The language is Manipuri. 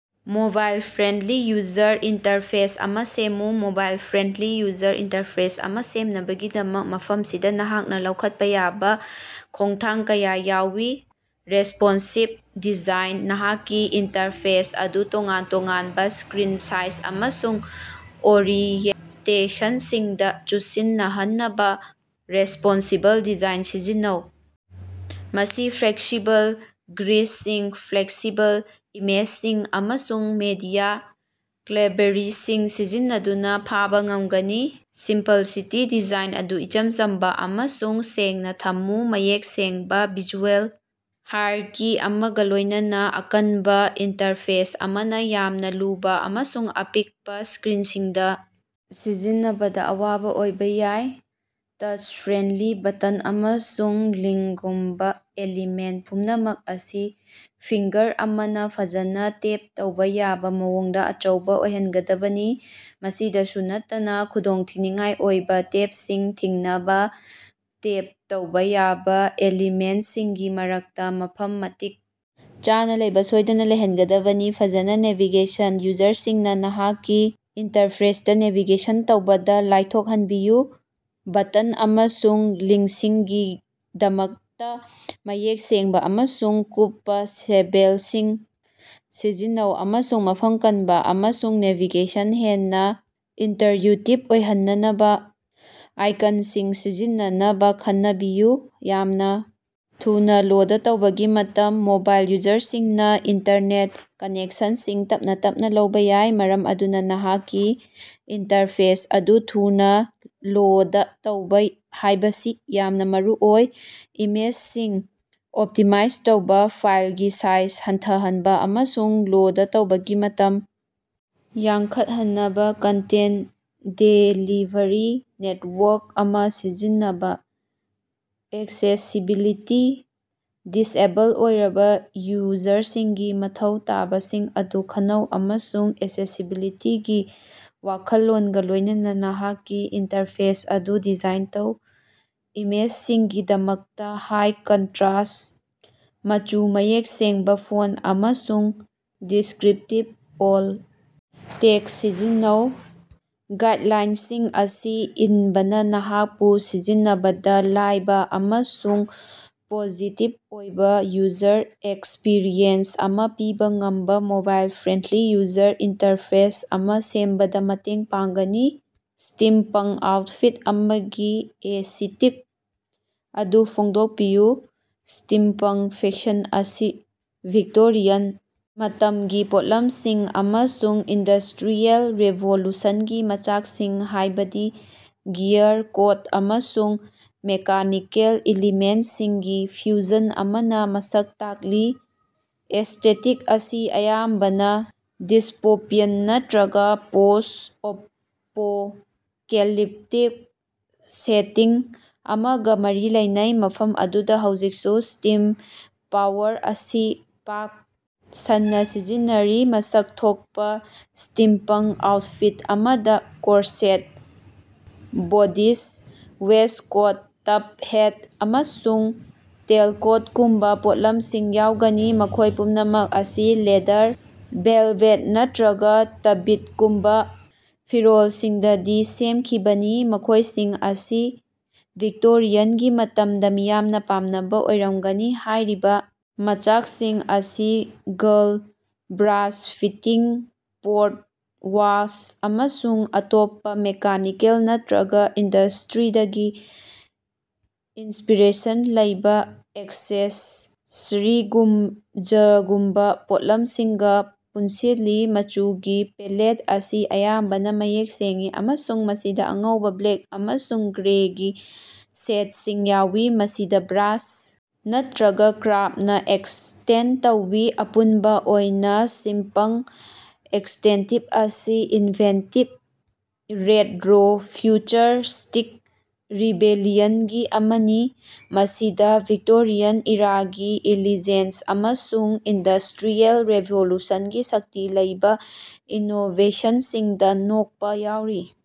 ꯃꯣꯕꯥꯏꯜ ꯐ꯭ꯔꯦꯟꯂꯤ ꯌꯨꯖꯔ ꯏꯟꯇꯔꯐꯦꯁ ꯑꯃ ꯁꯦꯝꯃꯨ꯫ ꯃꯣꯕꯥꯏꯜ ꯐ꯭ꯔꯦꯟꯂꯤ ꯌꯨꯖꯔ ꯏꯟꯇꯔꯐꯦꯁ ꯑꯃ ꯁꯦꯝꯅꯕꯒꯤꯗꯃꯛ, ꯃꯐꯝꯁꯤꯗ ꯅꯍꯥꯛꯅ ꯂꯧꯈꯠꯄ ꯌꯥꯕ ꯈꯣꯡꯊꯥꯡ ꯀꯌꯥ ꯌꯥꯎꯏ꯫ ꯔꯦꯁ꯭ꯄꯣꯟꯁꯤꯚ ꯗꯤꯖꯥꯏꯟ: ꯅꯍꯥꯛꯀꯤ ꯏꯟꯇꯔꯐꯦꯁ ꯑꯗꯨ ꯇꯣꯉꯥꯟ-ꯇꯣꯉꯥꯟꯕ ꯁ꯭ꯀꯔꯤꯟ ꯁꯥꯏꯖ ꯑꯃꯁꯨꯡ ꯑꯣꯔꯤꯑꯦꯟꯇꯦꯁꯟꯁꯤꯡꯗ ꯆꯨꯁꯤꯟꯅꯍꯟꯅꯕ ꯔꯦꯁ꯭ꯄꯣꯟꯁꯤꯕꯜ ꯗꯤꯖꯥꯏꯟ ꯁꯤꯖꯤꯟꯅꯧ꯫ ꯃꯁꯤ ꯐ꯭ꯂꯦꯛꯁꯤꯕꯜ ꯒ꯭ꯔꯤꯗꯁꯤꯡ, ꯐ꯭ꯂꯦꯛꯁꯤꯕꯜ ꯏꯃꯦꯖꯁꯤꯡ, ꯑꯃꯁꯨꯡ ꯃꯤꯗꯤꯌꯥ ꯀ꯭ꯕꯦꯔꯤꯁꯤꯡ ꯁꯤꯖꯤꯟꯅꯗꯨꯅ ꯐꯪꯕꯥ ꯉꯝꯒꯅꯤ꯫ ꯁꯤꯝꯄꯜꯁꯤꯇꯤ: ꯗꯤꯖꯥꯏꯟ ꯑꯗꯨ ꯏꯆꯝ ꯆꯝꯕ ꯑꯃꯁꯨꯡ ꯁꯦꯡꯅꯥ ꯊꯝꯃꯨ, ꯃꯌꯦꯛ ꯁꯦꯡꯕ ꯚꯤꯖꯨꯑꯦꯜ ꯍꯥꯏꯔꯀꯤ ꯑꯃꯒ ꯂꯣꯏꯅꯅ꯫ ꯑꯀꯟꯕ ꯏꯟꯇꯔꯐꯦꯁ ꯑꯃꯅꯥ ꯌꯥꯝꯅ ꯂꯨꯕ ꯑꯃꯁꯨꯡ ꯑꯄꯤꯛꯄ ꯁ꯭ꯀꯔꯤꯟꯁꯤꯡꯗ ꯁꯤꯖꯤꯟꯅꯕꯗ ꯑꯋꯥꯕ ꯑꯣꯏꯕ ꯌꯥꯏ꯫ ꯇꯆ-ꯐ꯭ꯔꯦꯟꯂꯤ: ꯕꯇꯟ ꯑꯃꯁꯨꯡ ꯂꯤꯡꯒꯨꯝꯕ ꯑꯦꯂꯤꯃꯦꯟ ꯄꯨꯝꯅꯃꯛ ꯑꯁꯤ ꯐꯤꯡꯒꯔ ꯑꯃꯅ ꯐꯖꯅ ꯇꯦꯞ ꯇꯧꯕ ꯌꯥꯕ ꯃꯑꯣꯡꯗ ꯑꯆꯧꯕ ꯑꯣꯏꯍꯟꯒꯗꯕꯅꯤ꯫ ꯃꯁꯤꯗꯁꯨ ꯅꯠꯇꯅ, ꯈꯨꯗꯣꯡꯊꯤꯅꯤꯉꯥꯏ ꯑꯣꯏꯕ ꯇꯦꯞꯁꯤꯡ ꯊꯤꯡꯅꯕ ꯇꯆ ꯇꯧꯕ ꯌꯥꯕ ꯑꯦꯂꯤꯃꯦꯟꯁꯤꯡꯒꯤ ꯃꯔꯛꯇ ꯃꯐꯝ ꯃꯇꯤꯛ ꯆꯥꯅꯥ ꯂꯩꯕ ꯁꯣꯏꯗꯅ ꯂꯩꯍꯟꯒꯗꯕꯅꯤ꯫ ꯐꯖꯅ ꯅꯦꯚꯤꯒꯦꯁꯟ: ꯌꯨꯖꯔꯁꯤꯡꯅ ꯅꯍꯥꯛꯀꯤ ꯏꯟꯇꯔꯐꯦꯁꯇ ꯅꯦꯚꯤꯒꯦꯁꯟ ꯇꯧꯕꯗ ꯂꯥꯏꯊꯣꯛꯍꯟꯕꯤꯌꯨ꯫ ꯕꯇꯟ ꯑꯃꯁꯨꯡ ꯂꯤꯡꯁꯤꯡꯒꯤꯗꯃꯛꯇ ꯃꯌꯦꯛ ꯁꯦꯡꯕ ꯑꯃꯁꯨꯡ ꯀꯨꯞꯄ ꯂꯦꯕꯦꯜꯁꯤꯡ ꯁꯤꯖꯤꯟꯅꯧ, ꯑꯃꯁꯨꯡ ꯃꯐꯝ ꯀꯟꯕ ꯑꯃꯁꯨꯡ ꯅꯦꯚꯤꯒꯦꯁꯟ ꯍꯦꯟꯅ ꯏꯟꯇꯌꯨꯇꯤꯕ ꯑꯣꯏꯍꯟꯅꯕ ꯑꯥꯏꯀꯟꯁꯤꯡ ꯁꯤꯖꯤꯟꯅꯅꯕ ꯈꯟꯅꯕꯤꯌꯨ꯫ ꯌꯥꯝꯅ ꯊꯨꯅꯥ ꯂꯣꯗ ꯇꯧꯕꯒꯤ ꯃꯇꯝ: ꯃꯣꯕꯥꯏꯜ ꯌꯨꯖꯔꯁꯤꯡꯅ ꯏꯟꯇꯔꯅꯦꯠ ꯀꯅꯦꯛꯁꯟꯁꯤꯡ ꯇꯞꯅ ꯇꯞꯅ ꯂꯩꯕ ꯌꯥꯏ, ꯃꯔꯝ ꯑꯗꯨꯅ ꯅꯍꯥꯛꯀꯤ ꯏꯟꯇꯔꯐꯦꯁ ꯑꯗꯨ ꯊꯨꯅ ꯂꯣꯗ ꯇꯧꯕ ꯍꯥꯏꯕꯁꯤ ꯌꯥꯝꯅ ꯃꯔꯨꯑꯣꯏ꯫ ꯏꯃꯦꯖꯁꯤꯡ ꯑꯣꯞꯇꯤꯃꯥꯏꯖ ꯇꯧꯕ, ꯐꯥꯏꯜꯒꯤ ꯁꯥꯏꯖ ꯍꯟꯊꯍꯟꯕ, ꯑꯃꯁꯨꯡ ꯂꯣꯗ ꯇꯧꯕꯒꯤ ꯃꯇꯝ ꯌꯥꯡꯈꯠꯍꯟꯅꯕ ꯀꯟꯇꯦꯟ ꯗꯦꯂꯤꯚꯔꯤ ꯅꯦꯠꯋꯥꯔꯛ ꯑꯃ ꯁꯤꯖꯤꯟꯅꯕ꯫ ꯑꯦꯛꯁꯦꯁꯤꯕꯤꯂꯤꯇꯤ: ꯗꯤꯁꯑꯦꯕꯜ ꯑꯣꯏꯔꯕ ꯌꯨꯖꯔꯁꯤꯡꯒꯤ ꯃꯊꯧ ꯇꯥꯕꯁꯤꯡ ꯑꯗꯨ ꯈꯟꯅꯧ ꯑꯃꯁꯨꯡ ꯑꯦꯛꯁꯦꯁꯤꯕꯤꯂꯤꯇꯤꯒꯤ ꯋꯥꯈꯜꯂꯣꯟꯒ ꯂꯣꯏꯅꯅ ꯅꯍꯥꯛꯀꯤ ꯏꯟꯇꯔꯐꯦꯁ ꯑꯗꯨ ꯗꯤꯖꯥꯏꯟ ꯇꯧ꯫ ꯏꯃꯦꯖꯁꯤꯡꯒꯤꯗꯃꯛꯇ ꯍꯥꯏ ꯀꯟꯇꯔꯁ꯭ꯠ ꯃꯆꯨ, ꯃꯌꯦꯛ ꯁꯦꯡꯕ ꯐꯣꯟꯠ, ꯑꯃꯁꯨꯡ ꯗꯤꯁ꯭ꯀꯔꯤꯞꯇꯤꯕ ꯑꯣꯜ ꯇꯦꯛꯁ ꯁꯤꯖꯤꯟꯅꯧ꯫ ꯒꯥꯏꯠꯂꯥꯏꯟꯁꯤꯡ ꯑꯁꯤ ꯏꯟꯕꯅ ꯅꯍꯥꯛꯄꯨ ꯁꯤꯖꯤꯟꯅꯕꯗ ꯂꯥꯏꯕ ꯑꯃꯁꯨꯡ ꯄꯣꯖꯤꯇꯤꯚ ꯑꯣꯏꯕ ꯌꯨꯖꯔ ꯑꯦꯛꯁꯄꯤꯔꯤꯑꯦꯟꯁ ꯑꯃ ꯄꯤꯕ ꯉꯝꯕ ꯃꯣꯕꯥꯏꯜ-ꯐ꯭ꯔꯦꯟꯂꯤ ꯌꯨꯖꯔ ꯏꯟꯇꯔꯐꯦꯁ ꯑꯃꯥ ꯁꯦꯝꯕꯗ ꯃꯇꯦꯡ ꯄꯥꯡꯒꯅꯤ꯫ ꯁ꯭ꯇꯤꯝꯄꯪ ꯑꯥꯎꯠꯐꯤꯠ ꯑꯃꯒꯤ ꯑꯦꯁꯤꯇꯤꯛ ꯑꯗꯨ ꯐꯣꯡꯗꯣꯛꯄꯤꯌꯨ꯫ ꯁ꯭ꯇꯤꯝꯄꯪ ꯐꯦꯁꯟ ꯑꯁꯤ ꯚꯤꯛꯇꯣꯔꯤꯌꯥꯟ ꯃꯇꯝꯒꯤ ꯄꯣꯠꯂꯝꯁꯤꯡ ꯑꯃꯁꯨꯡ ꯏꯟꯗꯁ꯭ꯇꯔꯤꯌꯦꯜ ꯔꯤꯚꯣꯂꯨꯁꯟꯒꯤ ꯃꯆꯥꯛꯁꯤꯡ ꯍꯥꯏꯕꯗꯤ ꯒꯤꯌꯔ, ꯀꯣꯠ, ꯑꯃꯁꯨꯡ ꯃꯦꯀꯥꯅꯤꯀꯦꯜ ꯏꯂꯤꯃꯦꯟꯁꯤꯡꯒꯤ ꯐ꯭ꯌꯨꯖꯟ ꯑꯃꯅ ꯃꯁꯛ ꯇꯥꯛꯂꯤ꯫ ꯑꯦꯁ꯭ꯇꯦꯇꯤꯛ ꯑꯁꯤ ꯑꯌꯥꯝꯕꯅ ꯗꯤꯁ꯭ꯇꯣꯄꯤꯌꯟ ꯅꯠꯇ꯭ꯔꯒ ꯄꯣꯁ꯭ꯠ-ꯑꯦꯄꯣꯀꯦꯂꯤꯞꯇꯤꯛ ꯁꯦꯇꯤꯡ ꯑꯃꯒ ꯃꯔꯤ ꯂꯩꯅꯩ, ꯃꯐꯝ ꯑꯗꯨꯗ ꯍꯧꯖꯤꯛꯁꯨ ꯁ꯭ꯇꯤꯝ ꯄꯥꯋꯔ ꯑꯁꯤ ꯄꯥꯛ ꯁꯟꯅ ꯁꯤꯖꯤꯟꯅꯔꯤ꯫ ꯃꯁꯛ ꯊꯣꯛꯄ ꯁ꯭ꯇꯤꯝꯄꯪ ꯑꯥꯎꯠꯐꯤꯠ ꯑꯃꯗ corset, bodice, waistcoat, top hat, ꯑꯃꯁꯨꯡ ꯇꯦꯜꯀꯣꯠꯒꯨꯝꯕ ꯄꯣꯠꯂꯝꯁꯤꯡ ꯌꯥꯎꯒꯅꯤ, ꯃꯈꯣꯏ ꯄꯨꯝꯅꯃꯛ ꯑꯁꯤ ꯂꯦꯗꯔ, ꯚꯦꯂꯚꯦꯠ ꯅꯠꯇꯔꯒ ꯇ꯭ꯕꯤꯠꯒꯨꯝꯕ ꯐꯤꯔꯣꯜꯁꯤꯡꯗꯒꯤ ꯁꯦꯝꯈꯤꯕꯅꯤ, ꯃꯈꯣꯏꯁꯤꯡ ꯑꯁꯤ ꯚꯤꯛꯇꯣꯔꯤꯌꯥꯟꯒꯤ ꯃꯇꯝꯗ ꯃꯤꯌꯥꯝꯅ ꯄꯥꯝꯅꯕ ꯑꯣꯏꯔꯝꯒꯅꯤ꯫ ꯍꯥꯏꯔꯤꯕ ꯃꯆꯥꯛꯁꯤꯡ ꯑꯁꯤ ꯒꯜ, ꯕ꯭ꯔꯥꯁ ꯐꯤꯇꯤꯡ, ꯄꯣꯀꯦꯠ ꯋꯥꯆ, ꯑꯃꯁꯨꯡ ꯑꯇꯣꯞꯄ ꯃꯦꯀꯥꯅꯤꯀꯦꯜ ꯅꯠꯇꯔꯒ ꯏꯟꯗꯁ꯭ꯇꯔꯤꯗꯒꯤ ꯏꯟꯁ꯭ꯄꯤꯔꯦꯁꯟ ꯂꯩꯕ ꯑꯦꯛꯁꯦꯁꯔꯤꯖꯒꯨꯝꯕ ꯄꯣꯠꯂꯝꯁꯤꯡꯒ ꯄꯨꯟꯁꯤꯜꯂꯤ꯫ ꯃꯆꯨꯒꯤ ꯄꯦꯂꯦꯠ ꯑꯁꯤ ꯑꯌꯥꯝꯕꯅ ꯃꯌꯦꯛ ꯁꯦꯡꯏ ꯑꯃꯁꯨꯡ ꯃꯁꯤꯗ ꯑꯉꯧꯕ, ꯕ꯭ꯂꯦꯛ ꯑꯃꯁꯨꯡ ꯒ꯭ꯔꯦꯒꯤ ꯁꯦꯠꯁꯤꯡ ꯌꯥꯎꯏ, ꯃꯁꯤꯗ ꯕ꯭ꯔꯥꯁ ꯅꯠꯇ꯭ꯔꯒ ꯀꯄꯥꯔꯅ ꯑꯦꯛꯁꯦꯟ ꯇꯧꯏ꯫ ꯑꯄꯨꯟꯕ ꯑꯣꯏꯅ, ꯁ꯭ꯇꯤꯝꯄꯪ ꯑꯦꯁ꯭ꯇꯦꯇꯤꯛ ꯑꯁꯤ ꯏꯟꯚꯦꯟꯇꯤꯕ, ꯔꯦꯠꯔꯣ-ꯐ꯭ꯌꯨꯆꯔꯁ꯭ꯇꯤꯛ ꯔꯤꯕꯦꯂꯤꯌꯟꯒꯤ ꯑꯃꯅꯤ, ꯃꯁꯤꯗ ꯚꯤꯛꯇꯣꯔꯤꯌꯥꯟ ꯏꯔꯥꯒꯤ ꯏꯂꯤꯖꯦꯟꯁ ꯑꯃꯁꯨꯡ ꯏꯟꯗꯁ꯭ꯇꯔꯤꯌꯦꯜ ꯔꯤꯚꯣꯂꯨꯁꯟꯒꯤ ꯁꯛꯇꯤ ꯂꯩꯕ ꯏꯅꯣꯕꯦꯁꯟꯁꯤꯡꯗ ꯅꯣꯛꯄ ꯌꯥꯎꯔꯤ꯫